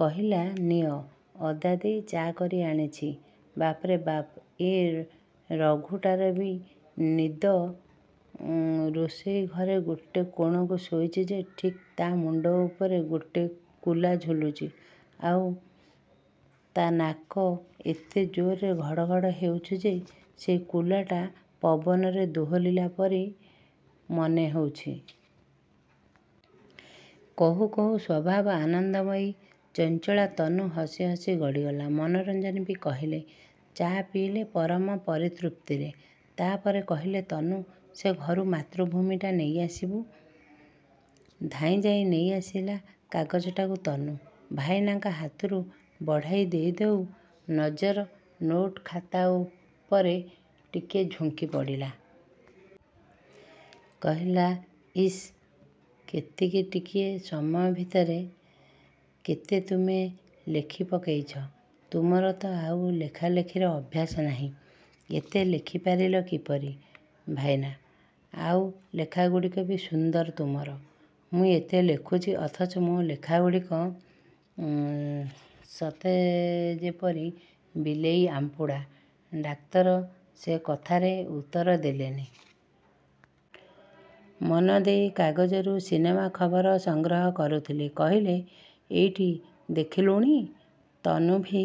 କହିଲା, ନିଅ। ଅଦା ଦେଇ ଚା କରି ଆଣିଛି। ବାପରେ ବାପ୍, ଏ ରଘୁଟାର ବି ନିଦ! ରୋଷେଇ ଘରେ ଗୋଟେ କୋଣକୁ ଶୋଇଛି ଯେ ଠିକ୍ ତା' ମୁଣ୍ଡ ଉପରେ ଗୋଟେ କୁଲା ଝୁଲୁଛି ଆଉ ତା' ନାକ ଏତେ ଜୋରରେ ଘଡ଼ଘଡ଼ ହେଉଛି ଯେ ସେ ଣକୁଲାଟା ପବନରେ ଦୋହଲିଲା ପରି ମନେହେଉଛି। କହୁ କହୁ ସ୍ୱଭାବ ଆନନ୍ଦମୟୀ, ଚଞ୍ଚଳା ତନୁ ହସି ହସି ଗଡ଼ିଗଲା। ମନୋରଞ୍ଜନ ବି ହସିଲେ। ଚା ପିଇଲେ ପରମ ପରିତୃପ୍ତିରେ। ତା'ପରେ କହିଲେ, ତନୁ, ସେ ଘରୁ 'ମାତୃଭୂମି'ଟା ନେଇଆସିବୁ। ଧାଇଁଯାଇ ନେଇଆସିଲା କାଗଜଟା ତନୁ। ଭାଇନାଙ୍କ ହାତରୁ ବଢ଼ାଇ ଦେଉ ଦେଉ ନିଜର ନୋଟ୍-ଖାତା ଉପରେ ଟିକିଏ ଝୁଙ୍କିପଡ଼ିଲା। କହିଲା ଇସ୍, କେତେଟିକିଏ ସମୟ ଭିତରେ କେତେ ତୁମେ ଲେଖିପକେଇଛ! ତୁମର ତ ଆଉ ଲେଖାଲେଖିର ଅଭ୍ୟାସ ନାହିଁ। ଏତେ ଲେଖିପାରିଲ କିପରି, ଭାଇନା? ଆଉ ଲେଖାଗୁଡ଼ିକ କି ସୁନ୍ଦର ତୁମର! ମୁଁ ଏତେ ଲେଖୁଛି, ଅଥଚ ମୋ ଲେଖାଗୁଡ଼ିକ ସତେଯେପରି ବିଲେଇ ଆମ୍ପୁଡ଼ା। ଡାକ୍ତର ସେକଥାର ଉତ୍ତର ଦେଲେନି। ମନଦେଇ କାଗଜରୁ ସିନେମା ଖବର ସଂଗ୍ରହ କରୁଥିଲେ। କହିଲେ, ଏଇଠି ଦେଖିଲୁଣି, ତନୁ, ଭି.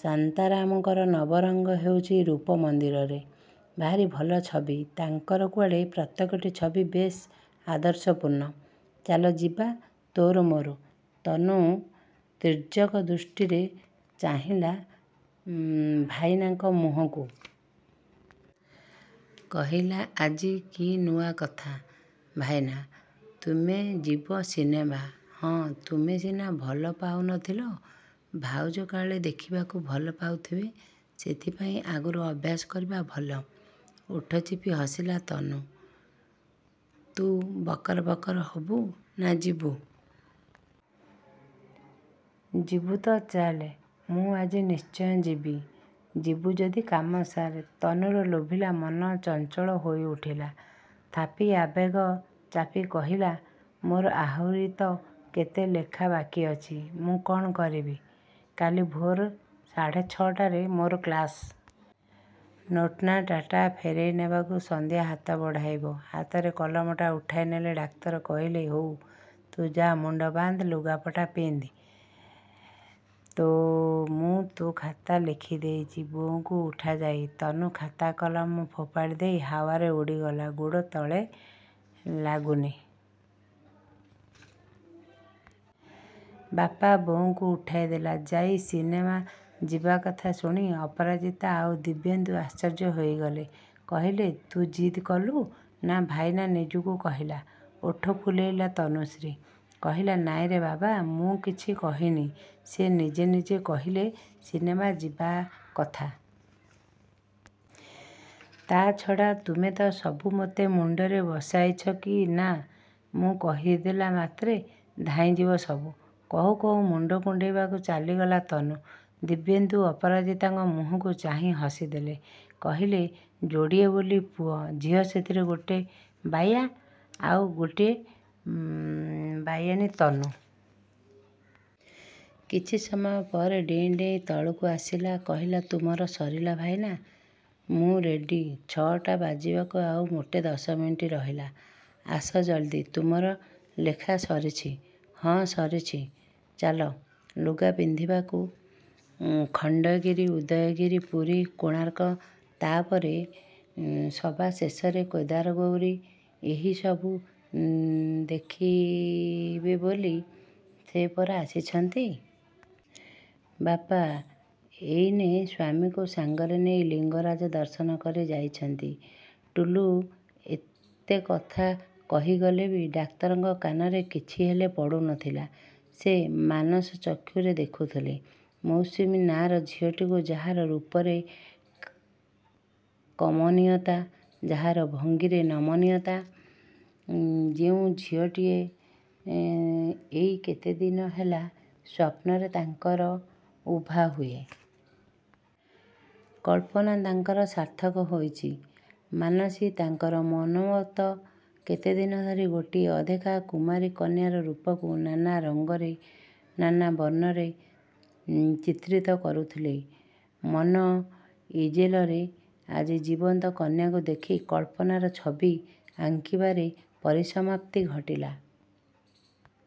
ଶାନ୍ତାରାମଙ୍କର ନବରଙ୍ଗ ହେଉଛି ରୂପ ମନ୍ଦିର'ରେ। ଭାରି ଭଲ ଛବି। ତାଙ୍କର କୁଆଡ଼େ ପ୍ରତ୍ୟେକଟି ଛବି ବେଶ୍ ଆଦର୍ଶପୂର୍ଣ୍ଣ। ଚାଲ, ଯିବା ତୋର ମୋର। ତନୁ ତୀର୍ଯ୍ୟକ ଦୃଷ୍ଟିରେ ଚାହିଁଲା ଭାଇନାଙ୍କ ମୁହଁକୁ। କହିଲା, ଆଜି କି ନୂଆ କଥା, ଭାଇନା? ତୁମେ ଯିବ ସିନେମା? ହଁ, ତୁମେ ସିନା ଭଲପାଉନଥିଲ, ଭାଉଜ କାଳେ ଦେଖିବାକୁ ଭଲପାଉଥିବେ! ସେଥିପାଇଁ ଆଗରୁ ଅଭ୍ୟାସ କରିବା ଭଲ। ଓଠ ଚିପି ହସିଲା ତନୁ। ତୁ ବକର ବକର ହେବୁ, ନା ଯିବୁ? ଯିବୁ ତ ଚାଲ୍। ମୁଁ ଆଜି ନିଶ୍ଚୟ ଯିବି। ଯିବୁ ଯଦି କାମ ସାର୍। ତନୁର ଲୋଭିଲା ମନ ଚଞ୍ଚଳ ହୋଇଉଠିଲା। ଥାପି ଆବେଗ ଚାପି କହିଲା, ମୋର ଆହୁରି ତ କେତେ ଲେଖା ବାକି ଅଛି, ମୁଁ କ'ଣ କରିବି? କାଲି ଭୋର୍ ସାଢ଼େ ଛଅଟାରେ ମୋର କ୍ଲାସ୍। ନୋଟ୍ନା ଡାଟା ଫେରାଇ ନେବାକୁ ସନ୍ଧ୍ୟା ହାତ ବଢ଼ାଇବ। ହାତରେ କଲମଟା ଉଠାଇନେଇ ଡାକ୍ତର କହିଲେ, ହଉ, ତୁ ଯା, ମୁଣ୍ଡ ବାନ୍ଧ, ଲୁଗାପଟା ପିନ୍ଧ। ମୁଁ ତୋ ଖାତା ଲେଖିଦେଉଛି। ବୋଉଙ୍କୁ ଉଠା ଯାଇ। ତନୁ ଖାତା-କଲମ ଫୋପାଡ଼ିଦେଇ ହାୱାରେ ଉଡ଼ିଗଲା। ଗୋଡ଼ ତଳେ ଲାଗୁନି। ବାପା ବୋଉଙ୍କୁ ଉଠାଇଦେଲା ଯାଇ। ସିନେମା ଯିବା କଥା ଶୁଣି ଅପରାଜିତା ଆଉ ଦିବ୍ୟେନ୍ଦୁ ଆଶ୍ଚର୍ଯ୍ୟ ହୋଇଗଲେ। କହିଲେ, ତୁ ଜିଦ୍ କଲୁ, ନା ଭାଇନା ନିଜକୁ କହିଲା? ଓଠ ଫୁଲାଇଲା ତନୁଶ୍ରୀ। କହିଲା, ନାଇଁରେ ବାବା, ମୁଁ କିଛି କହିନି। ସେ ନିଜେ ନିଜେ କହିଲେ ସିନେମା ଯିବା କଥା। ତା' ଛଡ଼ା, ତୁମେ ତ ସବୁ ମୋତେ ମୁଣ୍ଡରେ ବସାଇଛ କି ନା, ମୁଁ କହିଦେଲା ମାତ୍ରେ ଧାଇଁଯିବ ସବୁ। କହୁ କହୁ ମୁଣ୍ଡ କୁଣ୍ଡାଇବାକୁ ଚାଲିଗଲା ତନୁ। ଦିବ୍ୟେନ୍ଦୁ ଅପରାଜିତାଙ୍କ ମୁହଁକୁ ଚାହିଁ ହସିଦେଲେ। କହିଲେ, ଯୋଡ଼ିଏ ବୋଲି ପୁଅ ଝିଅ, ସେଥିରେ ଗୋଟେ ବାୟା ଆଉ ଗୋଟିଏ ବାୟାଣୀ।"ତନୁ କିଛି ସମୟ ପରେ ଡେଇଁ ଡେଇଁ ତଳକୁ ଆସିଲା, କହିଲା, ତୁମର ସରିଲା, ଭାଇନା? ମୁଁ ରେଡ଼ି। ଛଅଟା ବାଜିବାକୁ ଆଉ ମୋଟେ ଦଶ ମିନିଟ୍ ରହିଲା। ଆସ ଜଲ୍ଦି। ତୁମର ଲେଖା ସରିଛି? ହଁ, ସରିଛି। ଚାଲ। ଲୁଗା ପିନ୍ଧିବାକୁ। ଖଣ୍ଡଗିରି, ଉଦୟଗିରି, ପୁରୀ, କୋଣାର୍କ, ତାପରେ ସବା ଶେଷରେ କେଦାରଗୌରୀ ଏହିସବୁ ଦେଖିବେ ବୋଲି ସେ ପରା ଆସିଛନ୍ତି! ବାପା ଏଇନେ ସ୍ୱାମୀଙ୍କୁ ସାଙ୍ଗରେ ନେଇ ଲିଙ୍ଗରାଜ ଦର୍ଶନ କରି ଯାଇଛନ୍ତି। ଟୁଲୁ ଏତେ କଥା କହିଗଲେ ବି ଡାକ୍ତରଙ୍କ କାନରେ କିଛି ହେଲେ ପଡ଼ୁନଥିଲା। ସେ ମାନସଚକ୍ଷୁରେ ଦେଖୁଥିଲେ 'ମୌସୁମୀ' ନାଁର ଝିଅଟିକୁ ଯାହାର ରୂପରେ କମନୀୟତା, ଯାହାର ଭଙ୍ଗୀରେ ନମନୀୟତା; ଯେଉଁ ଝିଅଟି ଏଇ କେତେଦିନ ହେଲା ସ୍ୱପ୍ନରେ ତାଙ୍କର ଉଭା ହୁଏ। କଳ୍ପନା ତାଙ୍କର ସାର୍ଥକ ହୋଇଛି, ମାନସୀ ତାଙ୍କର ମନୋମତ। କେତେଦିନ ଧରି ଗୋଟିଏ ଅଦେଖା କୁମାରୀ କନ୍ୟାର ରୂପକୁ ନାନା ରଙ୍ଗରେ, ନାନା ବର୍ଣ୍ଣରେ ଚିତ୍ରିତ କରୁଥିଲେ ମନ-ଇଜେଲରେ, ଆଜି ଜୀବନ୍ତ କନ୍ୟାକୁ ଦେଖି କଳ୍ପନାର ଛବି ଆଙ୍କିବାରେ ପରିସମାପ୍ତି ଘଟିଲା।